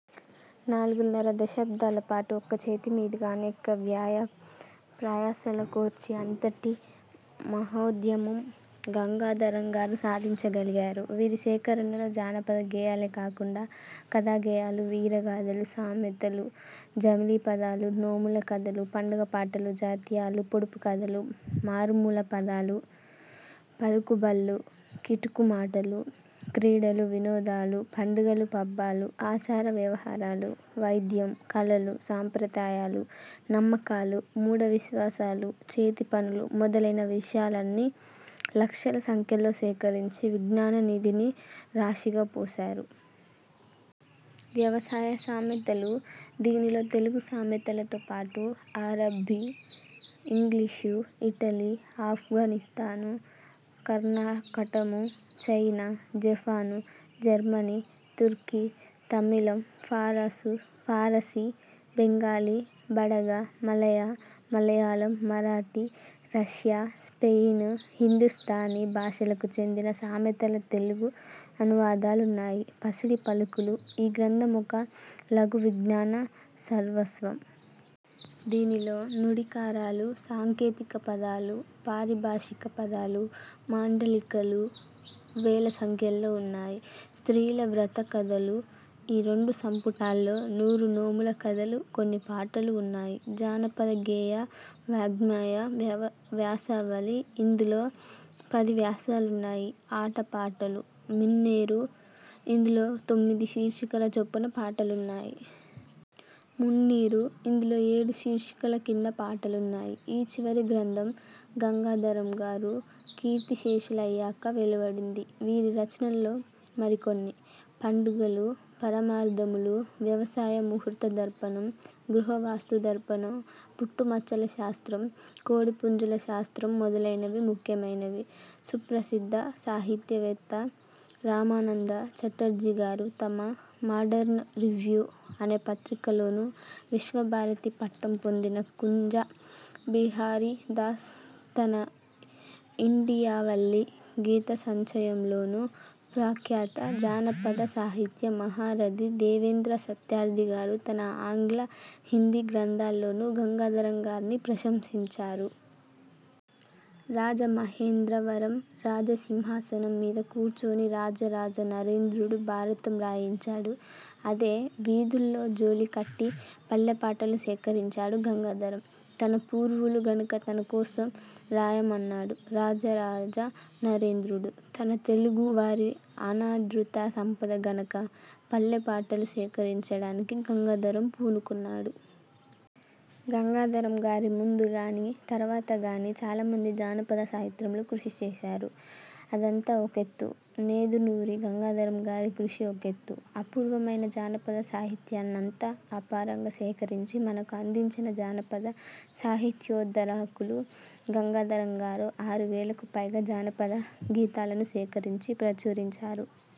నాలుగున్నర దశాబ్దాలపాటు ఒక్క చేతి మీదుగా అనేక వ్యయ ప్రయాసలకోర్చి అంతటి మహోద్యమం గంగాధరంగారు సాగించగలిగారు. వీరి సేకరణలో జానపద గేయాలే కాకుండా కథాగేయాలు, వీరగాథలు, సామెతలు, జమిలి పదాలు, నోముల కథలు, పండుగ పాటలు, జాతీయాలు, పొడుపు కథలు, మారుమూల పదాలు, పలుకుబళ్ళు, కిటుకు మాటలు, క్రీడలు వినోదాలు, పండుగలు పబ్బాలు, ఆచార వ్యవహారాలు, వైద్యం, కళలు, సంప్రదాయాలు, నమ్మకాలు, మూఢవిశ్వాసాలు, చేతిపనులు మొదలైన విష యాలన్నీ లక్షల సంఖ్యలో సేకరించి విజ్ఞాననిధిని రాశిగా పోశారు. 'వ్యవసాయ సామెతలు', దీనిలో తెలుగు సామెతల తోపాటు అరబ్బీ, ఇంగ్లీషు, ఇటలీ, ఆఫ్ఘనిస్థాను, కర్ణకటము, చైనా, జపాను, జర్మనీ, తుర్కీ, తమిళం, పరాసు, ఫారసీ, Bengali, Badaga, Malaya, Malayalam, Marathi, Russia, Spain, Hindustani భాషలకు చెందిన సామెతల తెలుగు అనువాదాలున్నాయి. 'పసిడి పలుకులు'-, ఈ గ్రంథం ఒక లఘువిజ్ఞాన సర్వస్వం. దీనిలో నుడికారాలు, సాంకేతికపదాలు, పారిభాషిక పదాలు మాండలి కాలు వేల సంఖ్యలో ఉన్నాయి. 'స్త్రీల వ్రత కథలు'-, ఈ రెండు సంపుటాల్లో నూరు నోముల కథలు కొన్ని పాటలు ఉన్నాయి. 'జానపద గేయ వాఙ్మయ వ్యాసావళి', ఇందులో పది వ్యాసాలున్నాయి. ఆట పాటలు-. 'మిన్నేరు'-, ఇందులో తొమ్మిది శీర్షికల చొప్పున పాటలున్నాయి. 'మున్నీరు'-, ఇందులో ఏడు శీర్షికల కింద పాటలున్నాయి. ఈ చివరి గ్రంథం గంగాథరంగారు కీర్తిశేషులయ్యాక వెలువడింది. వీరి రచనల్లో మరికొన్ని: పండుగలు-పరమార్థములు, వ్యవసాయ ముహూర్త దర్పణం, గృహవాస్తు దర్ప ణం, పుట్టు మచ్చల శాస్త్రం, కోడిపుంజుల శాస్త్రం మొదలైనవి ముఖ్యమైనవి. సుప్రసిద్ధ సాహిత్యవేత్త రామానంద చటర్జీ గారు తమ 'మాడర్న్ రివ్యు' అనే పత్రికలోనూ, విశ్వభారతి పట్టం పొందిన కుంజ బిహారీదాస్ తన ఇండియావల్లి గీత సంచయంలోనూ, ప్రఖ్యాత జానపద సాహిత్య మహారథి దేవేంద్ర సత్యార్థి గారు తన ఆంగ్ల, హిందీ గ్రంథాల్లోనూ గంగాధరం గారిని ప్రశంసించారు. రాజమహేంద్ర వరం రాజసింహాసనం మీద కూర్చొని రాజరాజ నరేంద్రుడు భారతం రాయిం చాడు. అదే వీధుల్లో జోలికట్టి పల్లెపాటలు సేకరించాడు గంగాధరం. తన పూర్వులు గనుక తన కోసం రాయ మన్నాడు రాజరాజనరేంద్రుడు. తన తెలుగు వారి అనాదృత సంపద గనక పల్లెపాటలు సేకరిం చడానికి గంగాధరం పూనుకున్నాడు. గంగాధరం గారి ముందుగానీ, తర్వాతగానీ చాలామంది జానపద సాహిత్యంలో కృషి చేశారు. అదంతా ఒకెత్తు, నేదునూరి గంగాధరం గారి కృషి ఒకెత్తు. అపూర్వమైన జానపద సాహిత్యాన్నంతా అపారంగా సేకరించి మనకు అందించిన జానపద సాహిత్యోద్ధారకులు గంగాధరం గారు. ఆరువేలకు పైగా జానపద గీతాలను సేకరించి ప్రచురించారు.